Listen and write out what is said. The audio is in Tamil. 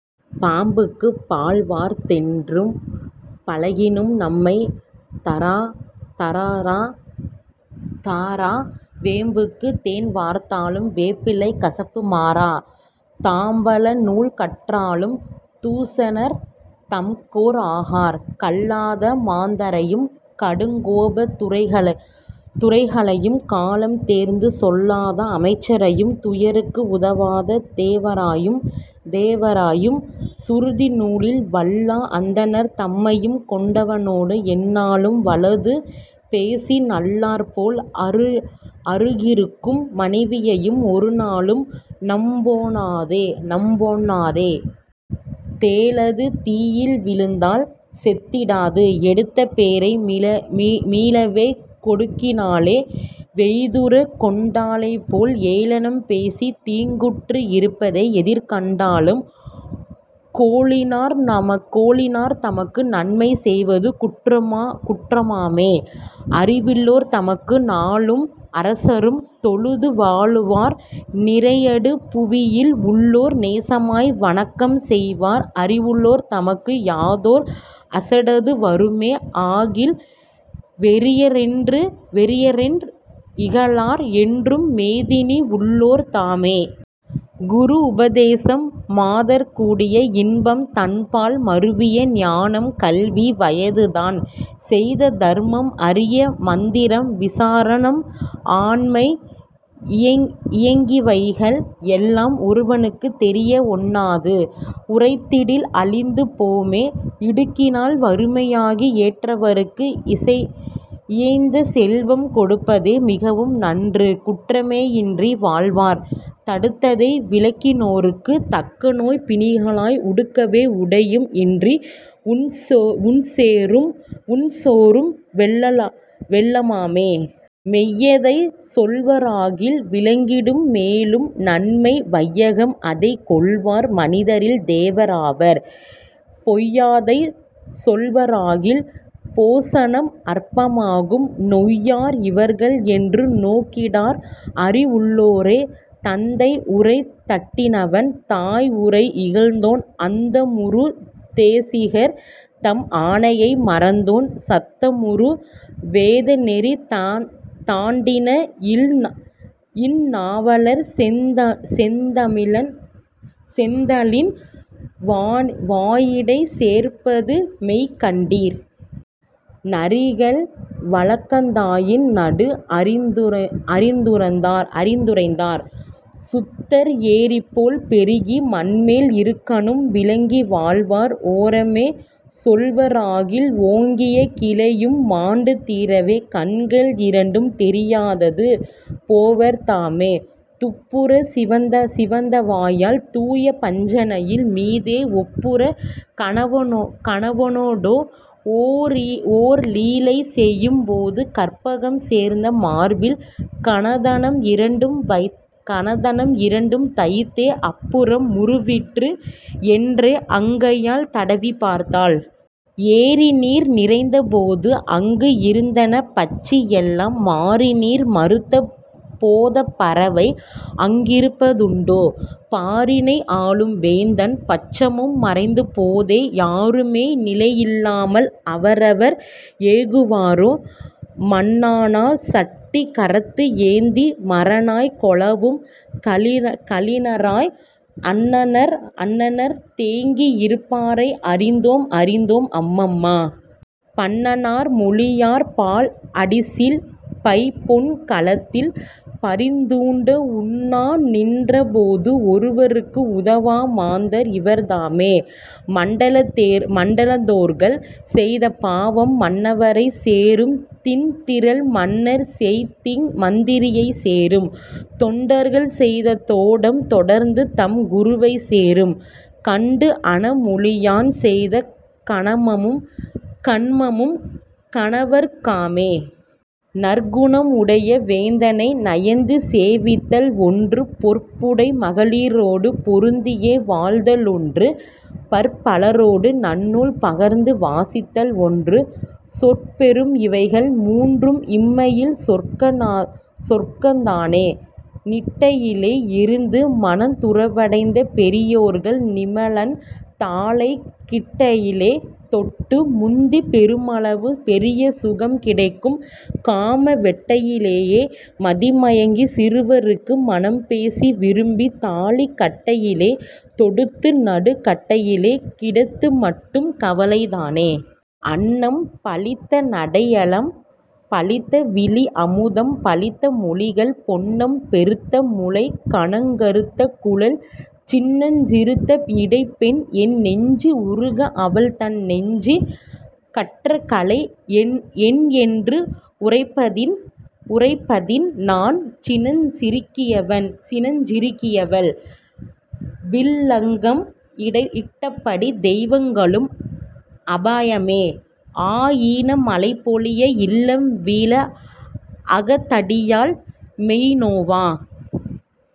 பாம்புக்கு பால்வார்த் தென்றும் பழகினும் நம்மை தாரா வேம்புக்கு தேன்வார்த்தாலும் வேப்பிலை கசப்பு மாறா தாம்பல நூல் கற்றாலும் துர்ச்சனர் தக்கோர் ஆகார். கல்லாத மாந்தரையும் கடுங்கோபத் துரைதுரைகளையும் காலம் தேர்ந்து சொல்லாத அமைச்சரையும் துயர்க்கு உதவாத் தேவரையும் சுருதி நூலில் வல்லா அந்தணர் தமையும் கொண்டவனோடு எந்நாளும் வலது பேசி நல்லார் போல் அருகிருக்கும் மனைவியையும் ஒருநாளும் நம்பொணாதே நம்பொணாதே. தேளது தீயில் வீழுந்தால் செத்திடாது எடுத்தபேரை மீளவே கொடுக்கினாலே வெய்துறக் கொட்டலேபோல் ஏளனம் பேசித் தீங்குற்று இருப்பதை எதிர்கண்டாலும் கோளினர் தமக்கு நன்மை செய்வது குற்றமாமே. அறிவுளோர் தமக்கு நாளும் அரசரும் தொழுது வாழ்வார் நிறையடு புவியில் உள்ளோர் நேசமாய் வணக்கம் செய்வார் அறிவுளோர் தமக்கு யாதோர் அசடது வருமே ஆகில் வெறியரென்று இகழார் என்றும் மேதினி உள்ளோர் தாமே. குரு உபதேசம் மாதர்கூடிய இன்பம் தன்பால் மருவிய நியானம் கல்வி வயது தான் செய்த தர்மம் அரிய மந்திரம் விசாரம் ஆண்மை இயங்கிவைகள் எல்லாம் ஒருவரும் தெரிய ஒண்ணாது உரைத்திடில் அழிந்து போமே. இடுக்கினால் வறுமையாகி ஏற்றவர்க்கு இயைந்த செல்வம் கொடுப்பதே மிகவும் நன்று குற்றமே இன்றி வாழ்வார் தடுத்ததை விலக்கினோர்க்குத் தக்கநோய் பிணிகளாகி உடுக்கவே உடையும் இன்றி உண்சோறும் வெல்லமாமே. மெய்யதை சொல்வாராகில் விளங்கிடும் மேலும் நன்மை வையகம் அதனைக் கொள்வார் மனிதரில் தேவர் ஆவார் பொய்யாதை சொல்வாராகில் போசனம் அற்பமாகும் நொய்யர் இவர்கள் என்று நோக்கிடார் அறிஉள்ளோரே. தந்தை உரை தட்டினவன் தாய் உரை இகழ்ந்தோன் அந்தமுறு தேசிகர் தம் ஆணையை மறந்தோன் சந்தமுறு வேத நெறி தாண்டின இந்நாவலர் செந்தலின் வாயினிடைச் சேர்வது மெய் கண்டீர். நரிகள் வழக்கதாயின் நடு அறிந்துரைத்தார் சுத்தர் ஏரிபோல் பெருகி மண்மேல் இருகணும் விளங்கி வாழ்வார் ஓரமே சொல்வாராகில் ஓங்கிய கிளையும் மாண்டு தீரவே கண்கள் இரண்டும் தெரியாதது போவர்தாமே. துப்புறச் சிவந்தவாயாள் தூய பஞ்சணையின் மீதே ஒப்புறக் கணவனோடே ஓர்லீலை செய்யும் போது கற்பகம் சேர்ந்த மார்பில் கனதனம் இரண்டும் தைத்தே அப்புறம் உருவிற்று என்றே அங்கையால் தடவிப் பார்த்தாள். ஏரிநீர் நிறைந்த போது அங்கு இருந்தன பட்சி எல்லாம் மாரிநீர் மறுத்த போதப் பறவை அங்கிருப்பதுண்டோ? பாரினை ஆளும் வேந்தன் பட்சமும் மறந்தபோதே யாருமே நிலையில்லாமல் அவரவர் ஏகுவாரோ. மண்ணார் சட்டி கரத்து ஏந்தி மரநாய் கௌவும் கலினராய் அண்னணார்ந் தேங்கி இருப்பாரை அறிந்தோம் அறிந்தோம் அம்மம்மா! பண்னணார் மொழியார் பால் அடிசில் பைம்பொன் கலத்தில் பரிந்தூட்ட உண்ணா நின்ற போது ஒருவர்க்கு உதவா மாந்தர் இவர்தாமே! மண்டலத்தோர்கள் செய்த பாவம் மன்னவரைச் சேரும் திண்திறல் மன்னர் செய்தீங் மந்திரியைச் சேரும் தொண்டர்கள் செய்த தோடம் தொடர்ந்து தம் குருவைச் சேரும் கண்டுஅன மொழியாள் செய்த கன்மமும் கணவர்க் காமே. நற்குணம் உடைய வேந்தனை நயந்து சேவித்தல் ஒன்று பொற்புடை மகளிரோடு பொருந்தியே வாழ்தல் ஒன்று பற்பலரோடு நன்னூல் பகர்ந்து வாசித்தல் ஒன்று சொற்பெறும் இவைகள் மூன்றும் இம்மையில் சொர்க்கந் தானே. நிட்டையிலே இருந்து மனத் துறவடைந்த பெரியோர்கள் நிமலன் தாளைக் கிட்டையிலே தொடுத்து முத்தி பெருமளவும் பெரிய சுகம் கிடைக்கும் காம வெட்டையிலே மதிமயங்கிச் சிறுவருக்கு மணம்பேசி விரும்பித் தாலி கட்டையிலே தொடுத்து நடுக் கட்டையிலே கிடத்துமட்டும் கவலை தானே. அன்னம் பழித்தநடையலம் பழித்த விழி அமுதம் பழித்த மொழிகள் பொன்னம் பெருத்த முலை கனங் கறுத்த குழல் சின்னஞ் சிறுத்த இடை பெண் என் நெஞ்சு உருக்க அவள்தன் நெஞ்சு கற்றகலை என்என்று உரைப்பதினி நான் சினஞ் சிறுக்கியவள் சிறுக்கியவள் வில்லங்கம் இட்டபடி தெய்வங் களுக்கு அபயமே! ஆஈன மழைபொழிய இல்லம் வீழ அகத்தடியாள் மெய்நோவ